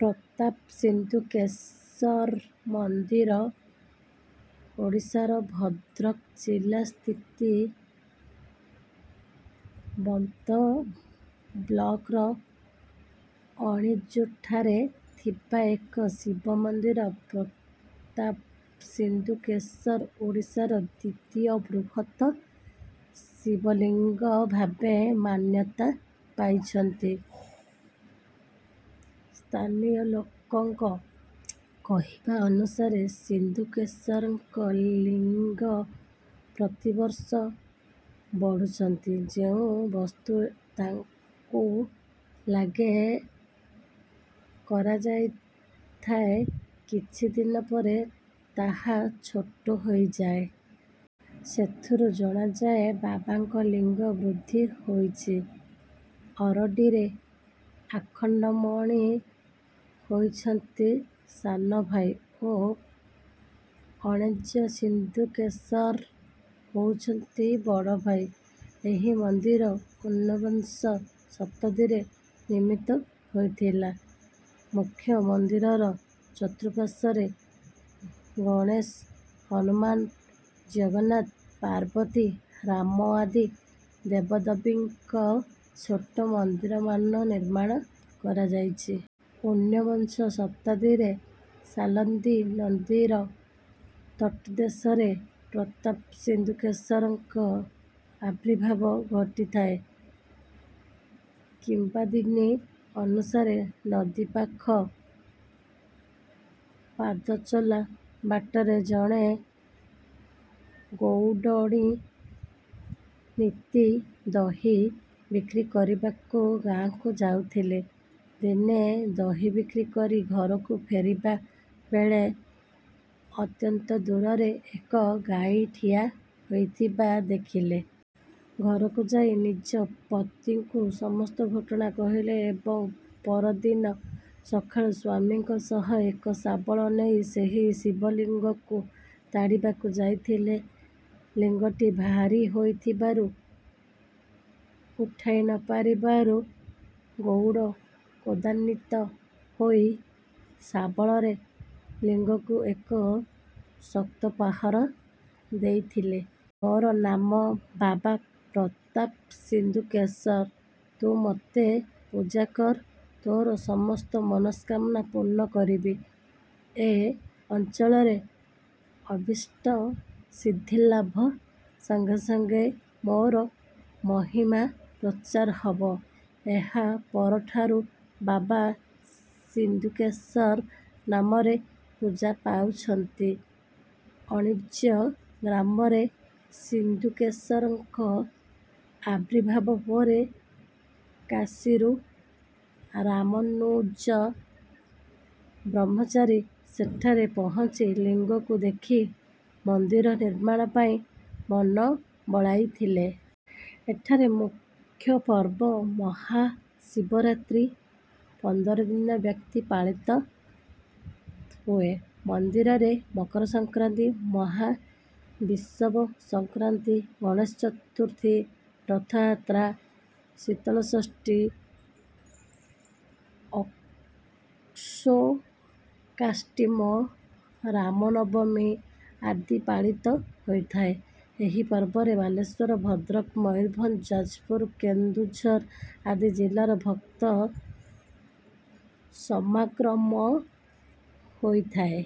ପ୍ରତାପ ସିନ୍ଧୁକେଶ୍ୱର ମନ୍ଦିର ଓଡ଼ିଶାର ଭଦ୍ରକ ଜିଲ୍ଲାସ୍ଥିତି ବନ୍ତ ବ୍ଲକର ଅଣିଜୋଠାରେ ଥିବା ଏକ ଶିବ ମନ୍ଦିର। ପ୍ରତାପ ସିନ୍ଧୁକେଶ୍ୱର ଓଡ଼ିଶାର ଦ୍ୱିତୀୟ ବୃହତ ଶିବଲିଙ୍ଗ ଭାବେ ମାନ୍ୟତା ପାଇଛନ୍ତି। ସ୍ଥାନୀୟ ଲୋକଙ୍କ କହିବା ଅନୁସାରେ ସିନ୍ଧୁକେଶ୍ୱରଙ୍କ ଲିଙ୍ଗ ପ୍ରତିବର୍ଷ ବଢୁଛନ୍ତି। ଯେଉଁ ବସ୍ତ୍ର ତାଙ୍କୁ ଲାଗେ କରାଯାଇଥାଏ, କିଛି ଦିନ ପରେ ତାହା ଛୋଟ ହୋଇଯାଏ। ସେଥିରୁ ଜଣାଯାଏ ବାବାଙ୍କ ଲିଙ୍ଗ ବୃଦ୍ଧି ହୋଇଛି। ଅରଡ଼ିରେ ଆଖଣ୍ଡମଣି ହୋଇଛନ୍ତି ସାନଭାଇ ଓ ଅଣିଜୋ ସିନ୍ଧୁକେଶ୍ୱର ହେଉଛନ୍ତି ବଡ଼ଭାଇ। ଏହି ମନ୍ଦିର ଉନବିଂଶ ଶତାବ୍ଦୀରେ ନିର୍ମିତ ହୋଇଥିଲା। ମୁଖ୍ୟ ମନ୍ଦିରର ଚତୁଃପାର୍ଶ୍ୱରେ ଗଣେଶ, ହନୁମାନ, ଜଗନ୍ନାଥ, ପାର୍ବତୀ, ରାମ ଆଦି ଦେବଦେବୀଙ୍କ ଛୋଟ ମନ୍ଦିରମାନ ନିର୍ମାଣ କରାଯାଇଛି। ଉନବିଂଶ ଶତାବ୍ଦୀରେ ସାଳନ୍ଦୀ ନଦୀର ତଟଦେଶରେ ପ୍ରତାପ ସିନ୍ଧୁକେଶ୍ୱରଙ୍କ ଆବିର୍ଭାବ ଘଟିଥିଲା। କିମ୍ବଦନ୍ତୀ ଅନୁସାରେ, ନଦୀ ପାଖ ପାଦଚଲା ବାଟରେ ଜଣେ ଗଉଡ଼ୁଣୀ ନିତି ଦହି ବିକ୍ରି କରିବାକୁ ଗାଁକୁ ଯାଉଥିଲେ। ଦିନେ ଦହି ବିକ୍ରି କରି ଘରକୁ ଫେରିବା ବେଳେ ଅନତି ଦୂରରେ ଏକ ଗାଈ ଠିଆ ହୋଇଥିବା ଦେଖିଲେ। ଘରକୁ ଯାଇ ନିଜ ପତିଙ୍କୁ ସମସ୍ତ ଘଟଣା କହିଲେ ଏବଂ ପରଦିନ ସକାଳୁ ସ୍ୱାମୀଙ୍କ ସହ ଏକ ଶାବଳ ନେଇ ସେହି ଶିବଲିଙ୍ଗକୁ ତାଡ଼ିବାକୁ ଯାଇଥିଲେ। ଲିଙ୍ଗଟି ଭାରୀ ହୋଇଥିବାରୁ ଉଠାଇ ନ ପାରିବାରୁ ଗଉଡ଼ କ୍ରୋଧାନ୍ୱିତ ହୋଇ ଶାବଳରେ ଲିଙ୍ଗକୁ ଏକ ଶକ୍ତ ପ୍ରହାର ଦେଇଥିଲେ। ମୋର ନାମ ବାବା ପ୍ରତାପ ସିନ୍ଧୁକେଶ୍ୱର। ତୁ ମୋତେ ପୂଜା କର, ତୋର ସମସ୍ତ ମନସ୍କାମନା ପୂର୍ଣ୍ଣ କରିବି। ଏ ଅଞ୍ଚଳର ଅଭୀଷ୍ଟ ସିଦ୍ଧିଲାଭ ସଙ୍ଗେ ସଙ୍ଗେ ମୋର ମହିମା ପ୍ରଚାର ହେବ। ଏହା ପରଠାରୁ ବାବା ସିନ୍ଧୁକେଶ୍ୱର ନାମରେ ପୂଜା ପାଉଛନ୍ତି ଅଣିଜୋ ଗ୍ରାମରେ। ସିନ୍ଧୁକେଶ୍ୱରଙ୍କ ଆବିର୍ଭାବ ପରେ କାଶୀରୁ ରାମାନୁଜ ବ୍ରହ୍ମଚାରୀ ସେଠାରେ ପହଞ୍ଚି ଲିଙ୍ଗକୁ ଦେଖି ମନ୍ଦିର ନିର୍ମାଣ ପାଇଁ ମନ ବଳାଇଥିଲେ। ଏଠାରେ ମୁଖ୍ୟପର୍ବ ମହାଶିବରାତ୍ରି ପନ୍ଦର ଦିନ ବ୍ୟାପୀ ପାଳିତ ହୁଏ। ମନ୍ଦିରରେ ମକର ସଂକ୍ରାନ୍ତି, ମହାବିଷୁବ ସଂକ୍ରାନ୍ତି, ଗଣେଶ ଚତୁର୍ଥୀ, ରଥଯାତ୍ରା, ଶୀତଳ ଷଷ୍ଠୀ, ଅଶୋକାଷ୍ଟମୀ, ରାମ ନବମୀ ଆଦି ପାଳିତ ହୋଇଥାଏ। ଏହି ପର୍ବରେ ବାଲେଶ୍ୱର, ଭଦ୍ରକ, ମୟୂରଭଞ୍ଜ, ଯାଜପୁର, କେନ୍ଦୁଝର ଆଦି ଜିଲ୍ଲାରୁ ଭକ୍ତ ସମାଗ୍ରମ ହୋଇଥାଏ।